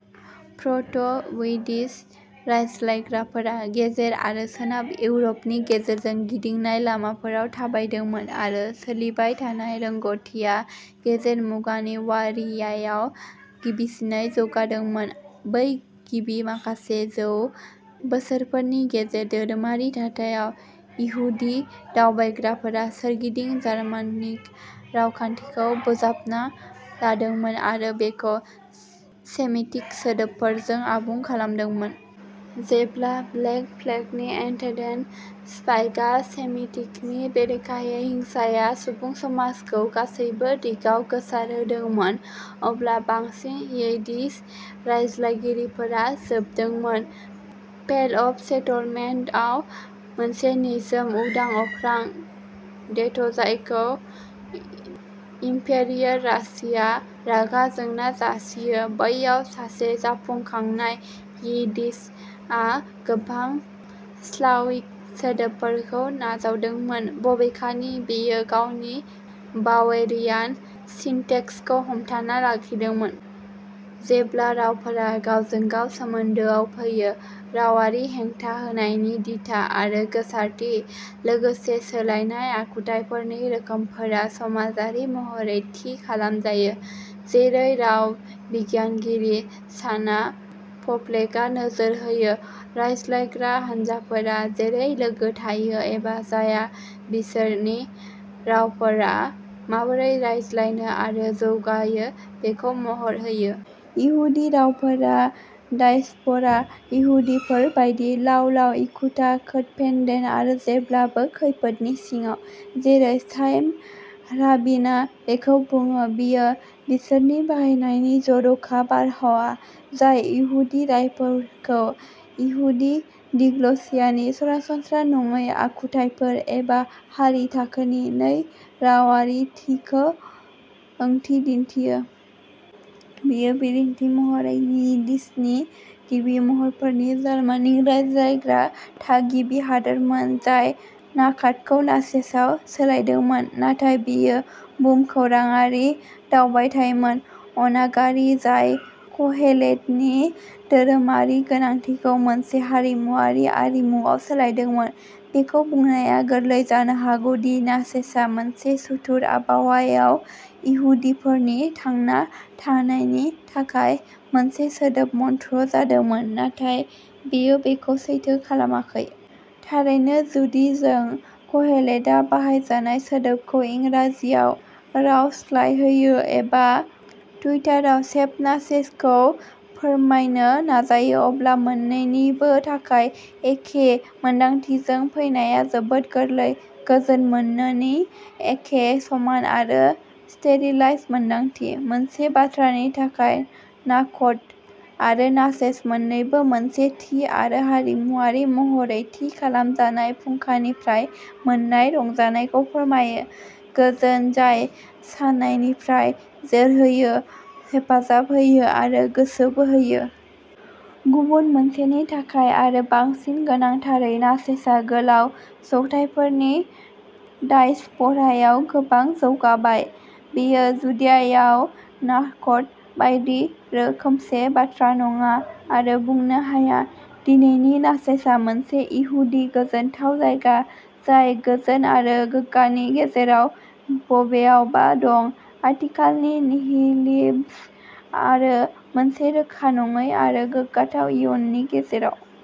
प्र'ट'- Yiddish रायज्लायग्राफोरा गेजेर आरो सोनाब इउर'पनि गेजेरजों गिदिंनाय लामाफोराव थाबायदोंमोन, आरो सोलिबाय थानाय रोंग'थिआ गेजेर मुगानि वारियायाव गिबिसिनै जौगादोंमोन। बै गिबि माखासे जौ बोसोरफोरनि गेजेर-धोरोमारि थाथायाव, इहुदि दावबायग्राफोरा सोरगिदिं जार्मानिक रावखान्थिखौ बोजबना लादोंमोन आरो बेखौ सेमिटिक सोदोबफोरजों आबुं खालामदोंमोन। जेब्ला ब्लेक प्लेगनि एटेन्डेन्ट स्पाइकआ सेमिटिकनि बेरेखायै हिंसाया सुबुं समाजखौ गासैबो दिगाव गोसारहोदोंमोन, अब्ला बांसिन यिडिश रायज्लायगिरिफोरा जोबदोंमोन। "पेल अफ सेटलमेन्ट" आव, मोनसे निजोम, उदां-अख्रां घेट्ट'जायखौ इम्पेरियेल रासिया रागा जोंना जासियो। बैयाव, सासे जाखांफुनाय यिद्दिशआ गोबां स्लाविक सोदोबफोरखौ नाजावदोंमोन, बबेखानि बेयो गावनि बावेरियान सिनटेक्सखौ हमथाना लाखिदोंमोन। जेब्ला रावफोरा गावजों गाव सोमोन्दोआव फैयो, "रावारि हेंथा होनायनि दिथा आरो गोसारथि, लोगोसे सोलायनाय आखुथायफोरनि रोखोमफोरा समाजारि महरै थि खालामजायो", जेरै राव बिगियानगिरि शाना प'प्लेकआ नोजोर होयो; रायज्लायग्रा हानजाफोरा जेरै लोगो-थायो-एबा जाया-बिसोरनि रावफोरा माबोरै रायज्लायो आरो जौगायो बेखौ महर होयो। इहुदि रावफोरा डायस्प'रा इहुदिफोर बायदिः लावलाव, एखुथा, कोडपेन्डेन्ट, आरो जेब्लाबो खैफोदनि सिङाव। जेरै चाइम राबिनआ बेखौ बुङो, बेयो बिसोरनि बाहायनायनि "जर'खा बारहावा" जाय इहुदि रावफोरखौ, इहुदि डिग्ल'सियानि सरासनस्रा नङै आखुथायफोर, एबा हारि-थाखोनि नै-रावारिथिखौ ओंथि दिन्थियो। बेयो बिदिन्थि महरै, यिद्दिशनि गिबि महरफोरनि जार्मानिक रायज्लायग्रा थागिबि हादोरमोन, जाय नाखातखौ नाचेसआव सोलायदोंमोन। नाथाय बेयो भुमखौराङारि दावबायथायमोन अनागारि, जाय क'हेलेटनि धोरोमारि गोनांथिखौ मोनसे हारिमुआरि आरिमुवाव सोलायदोंमोन। बेखौ बुंनाया गोरलै जानो हागौ दि नाचेसआ मोनसे सुथुर आबहावायाव इहुदिफोरनि थांना थानायनि थाखाय मोनसे सोदोब मन्त्र जादोंमोन, नाथाय बेयो बेखौ सैथो खालामाखै। थारैनो, जुदि जों क'हेलेटआ बाहायजानाय सोदोबखौ इंराजियाव रावस्लायहोयो-एबा टुइटाराव शेप नाचेसखौ फोरमायनो नाजायो-अब्ला मोन्नैनिबो थाखाय एखे मोन्दांथिजों फैनाया जोबोद गोरलै, "गोजोन मोननो" नि एखे समान आरो स्टेरिलाइज्ड मोनदांथि। मोनसे बाथ्रानि थाखाय, नाखट आरो नाचेस मोन्नैबो मोनसे थि आरो हारिमुआरि महरै थि खालामजानाय फुंखानिफ्राय मोन्नाय रंजानायखौ फोरमायोः गोजोन जाय सानायनिफ्राय जोरहोयो, हेफाजाब होयो, आरो गोसो बोहोयो। गुबुन मोनसेनि थाखाय, आरो बांसिन गोनांथारै, नाचेसआ गोलाव जौथायफोरनि डायस्प'रायाव गोबां जौगाबाय; बेयो जुडियायाव नाखट बायदि रोखोमसे बाथ्रा नङा, आरो बुंनो हाया। दिनैनि नाचेसआ मोनसे इहुदि गोजोनथाव जायगा, जाय गोजोन आरो गोग्गानि गेजेराव बबेयावबा दं, आथिखालनि निहिलिज्म आरो मोनसे रोखा नङै आरो गोग्गाथाव इयुननि गेजेराव।